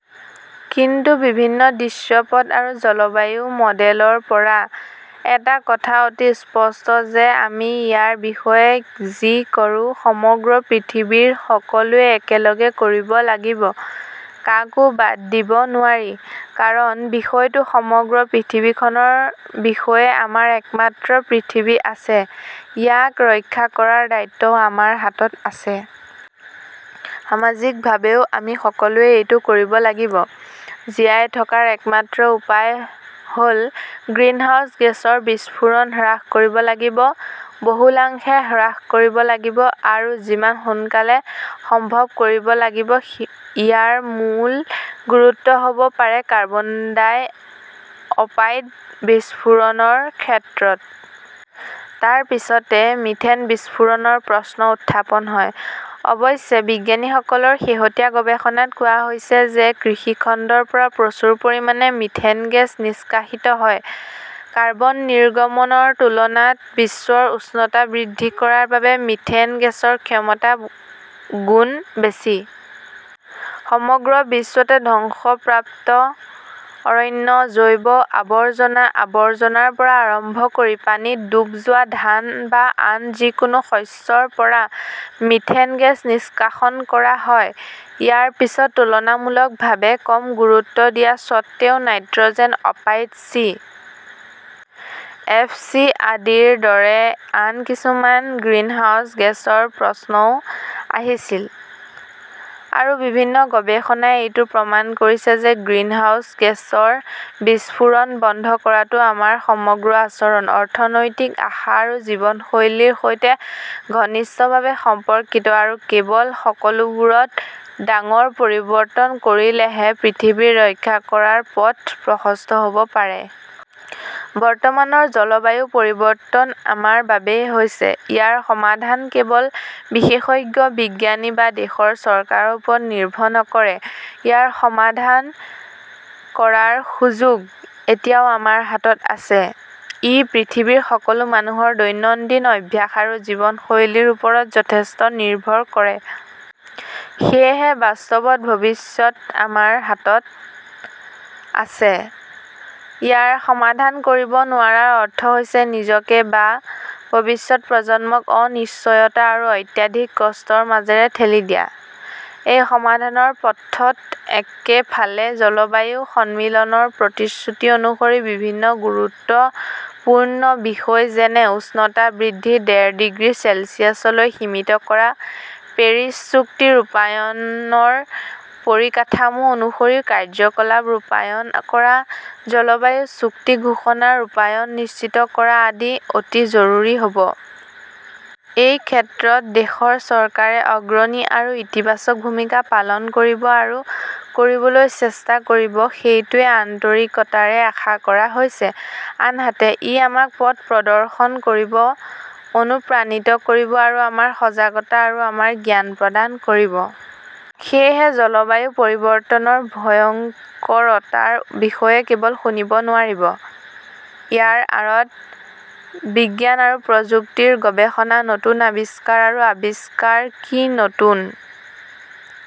কিন্তু বিভিন্ন দৃশ্যপট আৰু জলবায়ু মডেলৰ পৰা এটা কথা অতি স্পষ্ট যে আমি ইয়াৰ বিষয়ে যি কৰো, সমগ্ৰ পৃথিৱীৰ সকলোৱে একেলগে কৰিব লাগিব, কাকো বাদ দিব নোৱাৰি। কাৰণ বিষয়টো সমগ্ৰ পৃথিৱীখনৰ বিষয়ে। আমাৰ একমাত্ৰ পৃথিৱী আছে, ইয়াক ৰক্ষা কৰাৰ দায়িত্বও আমাৰ হাতত আছে। সামাজিকভাৱেও আমি সকলোৱে এইটো কৰিব লাগিব। জীয়াই থকাৰ একমাত্ৰ উপায় হ "ল-গ্ৰিনহাউজ গেছৰ বিস্ফোৰণ হ্ৰাস কৰিব লাগিব, বহুলাংশে হ্ৰাস কৰিব লাগিব আৰু যিমান সোনকালে সম্ভৱ কৰিব লাগিব। ইয়াৰ মূল গুৰুত্ব হ "ব পাৰে কাৰ্বন ডাই-অপাইড বিস্ফোৰণৰ ক্ষেত্ৰত। তাৰ পিছতে মিথেন বিস্ফোৰণৰ প্ৰশ্ন উত্থাপন হয়। অৱশ্যে বিজ্ঞানীসকলৰ শেহতীয়া গৱেষণাত কোৱা হৈছে যে কৃষি খণ্ডৰ পৰা প্ৰচুৰ পৰিমাণে মিথেন গেছ নিষ্কাশিত হয়। কাৰ্বন নিৰ্গমনৰ তুলনাত বিশ্বৰ উষ্ণতা বৃদ্ধি কৰাৰ বাবে মিথেন গেছৰ ক্ষমতা গুণ বেছি। সমগ্ৰ বিশ্বতে ধ্বংসপ্ৰাপ্ত অৰণ্য, জৈৱ আৱৰ্জনা, আৱৰ্জনাৰ পৰা আৰম্ভ কৰি পানীত ডুব যোৱা ধান বা আন যিকোনো শস্যৰ পৰা মিথেন গেছ নিষ্কাশন কৰা হয়। ইয়াৰ পিছত তুলনামূলকভাৱে কম গুৰুত্ব দিয়া স্বত্বেও নাইট্ৰ "জেন অপাইড, চি. এফ. চি. আদিৰ দৰে আন কিছুমান গ্ৰিনহাউজ গেছৰ প্ৰশ্নও আহিছিল। আৰু বিভিন্ন গৱেষণাই এইটোও প্ৰমাণ কৰিছে যে গ্ৰিনহাউজ গেছৰ বিস্ফোৰণ বন্ধ কৰাটো আমাৰ সমগ্ৰ আচৰণ, অৰ্থনৈতিক আশা আৰু জীৱনশৈলীৰ সৈতে ঘনিষ্ঠভাৱে সম্পৰ্কিত। আৰু কেৱল এই সকলোবোৰত ডাঙৰ পৰিৱৰ্তন কৰিলেহে পৃথিৱীখন ৰক্ষা কৰাৰ পথ প্ৰশস্ত হ "ব পাৰে। বৰ্তমানৰ জলবায়ু পৰিৱৰ্তন আমাৰ বাবেই হৈছে। ইয়াৰ সমাধান কেৱল বিশেষজ্ঞ বিজ্ঞানী বা দেশৰ চৰকাৰৰ ওপৰত নিৰ্ভৰ নকৰে। ইয়াৰ সমাধান কৰাৰ সুযোগ এতিয়াও আমাৰ হাতত আছে। ই পৃথিৱীৰ সকলো মানুহৰ দৈনন্দিন অভ্যাস আৰু জীৱনশৈলীৰ ওপৰত যথেষ্ট নিৰ্ভৰ কৰে। সেয়েহে বাস্তৱত ভৱিষ্যত আমাৰ হাতত আছে। ইয়াৰ সমাধান কৰিব নোৱাৰাৰ অৰ্থ হৈছে নিজকে বা ভৱিষ্যত প্ৰজন্মক অনিশ্চয়তা আৰু অত্যাধিক কষ্টৰ মাজেৰে ঠেলি দিয়া। এই সমাধানৰ পথত একেফালে জলবায়ু সন্মিলনৰ প্ৰতিশ্ৰুতি অনুসৰি বিভিন্ন গুৰুত্বপূৰ্ণ বিষয় যেনেঃ উষ্ণতা বৃদ্ধি ডেৰ ডিগ্ৰী চেলছিয়াছলৈ সীমিত কৰা, পেৰিছ চুক্তি ৰূপায়ণৰ পৰিকাঠামো অনুসৰি কাৰ্যকলাপ ৰূপায়ণ কৰা, জলবায়ু চুক্তি ঘোষণাৰ ৰূপায়ণ নিশ্চিত কৰা আদি অতি জৰুৰী হ 'ব। এই ক্ষেত্ৰত দেশৰ চৰকাৰে অগ্ৰণী আৰু ইতিবাচক ভূমিকা পালন কৰিব আৰু কৰিবলৈ চেষ্টা কৰিব-সেইটোৱেই আন্তৰিকতাৰে আশা কৰা হৈছে। আনহাতে, ই আমাক পথ প্ৰদৰ্শন কৰিব, অনুপ্ৰাণিত কৰিব আৰু আমাৰ সজাগতা আৰু আমাৰ জ্ঞান প্ৰদান কৰিব। সেয়েহে জলবায়ু পৰিৱৰ্তনৰ ভয়ংকৰতাৰ বিষয়ে কেৱল শুনিব নোৱাৰিব। ইয়াৰ আঁৰত বিজ্ঞান আৰু প্ৰযুক্তিৰ গৱেষণা, নতুন আৱিষ্কাৰ আৰু আৱিষ্কাৰ কি, নতুন